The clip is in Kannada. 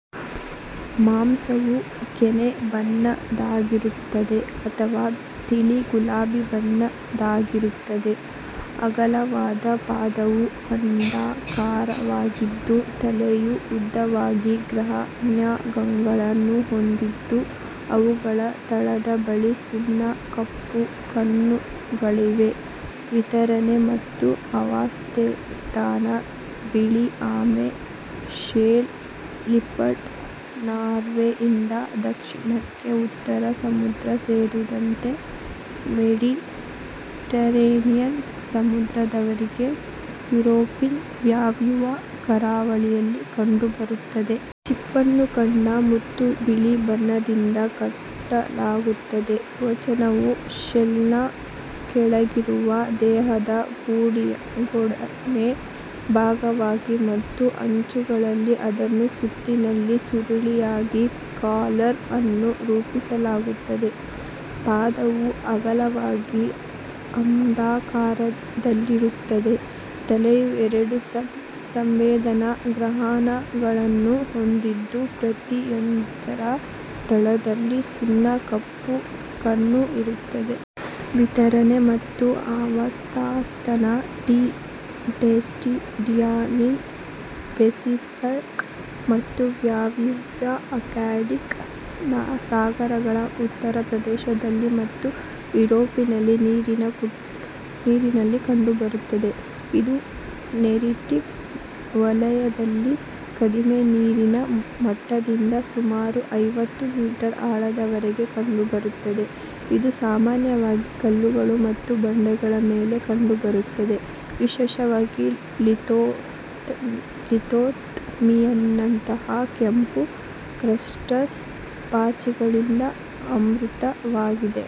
ಮಾಂಸವು ಕೆನೆ ಬಣ್ಣದ್ದಾಗಿರುತ್ತದೆ ಅಥವಾ ತಿಳಿ ಗುಲಾಬಿ ಬಣ್ಣದ್ದಾಗಿರುತ್ತದೆ. ಅಗಲವಾದ ಪಾದವು ಅಂಡಾಕಾರವಾಗಿದ್ದು, ತಲೆಯು ಉದ್ದವಾದ ಗ್ರಹಣಾಂಗಗಳನ್ನು ಹೊಂದಿದ್ದು, ಅವುಗಳ ತಳದ ಬಳಿ ಸಣ್ಣ ಕಪ್ಪು ಕಣ್ಣುಗಳಿವೆ. ವಿತರಣೆ ಮತ್ತು ಆವಾಸಸ್ಥಾನ ಬಿಳಿ ಆಮೆ ಶೆಲ್ ಲಿಂಪೆಟ್ ನಾರ್ವೆಯಿಂದ ದಕ್ಷಿಣಕ್ಕೆ ಉತ್ತರ ಸಮುದ್ರ ಸೇರಿದಂತೆ ಮೆಡಿಟರೇನಿಯನ್ ಸಮುದ್ರದವರೆಗೆ ಯುರೋಪಿನ ವಾಯುವ್ಯ ಕರಾವಳಿಯಲ್ಲಿ ಕಂಡುಬರುತ್ತದೆ. ಚಿಪ್ಪನ್ನು ಕಂದು ಮತ್ತು ಬಿಳಿ ಬಣ್ಣದಿಂದ ಕಟ್ಟಲಾಗುತ್ತದೆ. ಕವಚವು ಶೆಲ್ನ ಕೆಳಗಿರುವ ದೇಹದ ಗೋಡೆಯ ಭಾಗವಾಗಿದೆ ಮತ್ತು ಅಂಚುಗಳಲ್ಲಿ ಅದನ್ನು ಸುತ್ತಿನಲ್ಲಿ ಸುರುಳಿಯಾಗಿ ಕಾಲರ್ ಅನ್ನು ರೂಪಿಸಲಾಗುತ್ತದೆ. ಪಾದವು ಅಗಲವಾಗಿ ಅಂಡಾಕಾರದಲ್ಲಿರುತ್ತದೆ. ತಲೆಯು ಎರಡು ಸಂವೇದನಾ ಗ್ರಹಣಾಂಗಗಳನ್ನು ಹೊಂದಿದ್ದು, ಪ್ರತಿಯೊಂದರ ತಳದಲ್ಲಿ ಸಣ್ಣ ಕಪ್ಪು ಕಣ್ಣು ಇರುತ್ತದೆ. ವಿತರಣೆ ಮತ್ತು ಆವಾಸಸ್ಥಾನ ಟಿ. ಟೆಸ್ಟುಡಿನಾಲಿಸ್ ಪೆಸಿಫಿಕ್ ಮತ್ತು ವಾಯುವ್ಯ ಅಟ್ಲಾಂಟಿಕ್ ಸಾಗರಗಳ ಉತ್ತರ ಪ್ರದೇಶಗಳಲ್ಲಿ ಮತ್ತು ಯುರೋಪಿಯನ್ ನೀರಿನಲ್ಲಿ ಕಂಡುಬರುತ್ತದೆ. ಇದು ನೆರಿಟಿಕ್ ವಲಯದಲ್ಲಿ ಕಡಿಮೆ ನೀರಿನ ಮಟ್ಟದಿಂದ ಸುಮಾರು ಐವತ್ತು ಮೀಟರ್ ಆಳದವರೆಗೆ ಕಂಡುಬರುತ್ತದೆ. ಇದು ಸಾಮಾನ್ಯವಾಗಿ ಕಲ್ಲುಗಳು ಮತ್ತು ಬಂಡೆಗಳ ಮೇಲೆ ಕಂಡುಬರುತ್ತದೆ, ವಿಶೇಷವಾಗಿ ಲಿಥೋಥಮ್ನಿಯನ್ನಂತಹ ಕೆಂಪು ಕ್ರಸ್ಟೋಸ್ ಪಾಚಿಗಳಿಂದ ಆವೃತವಾಗಿದೆ.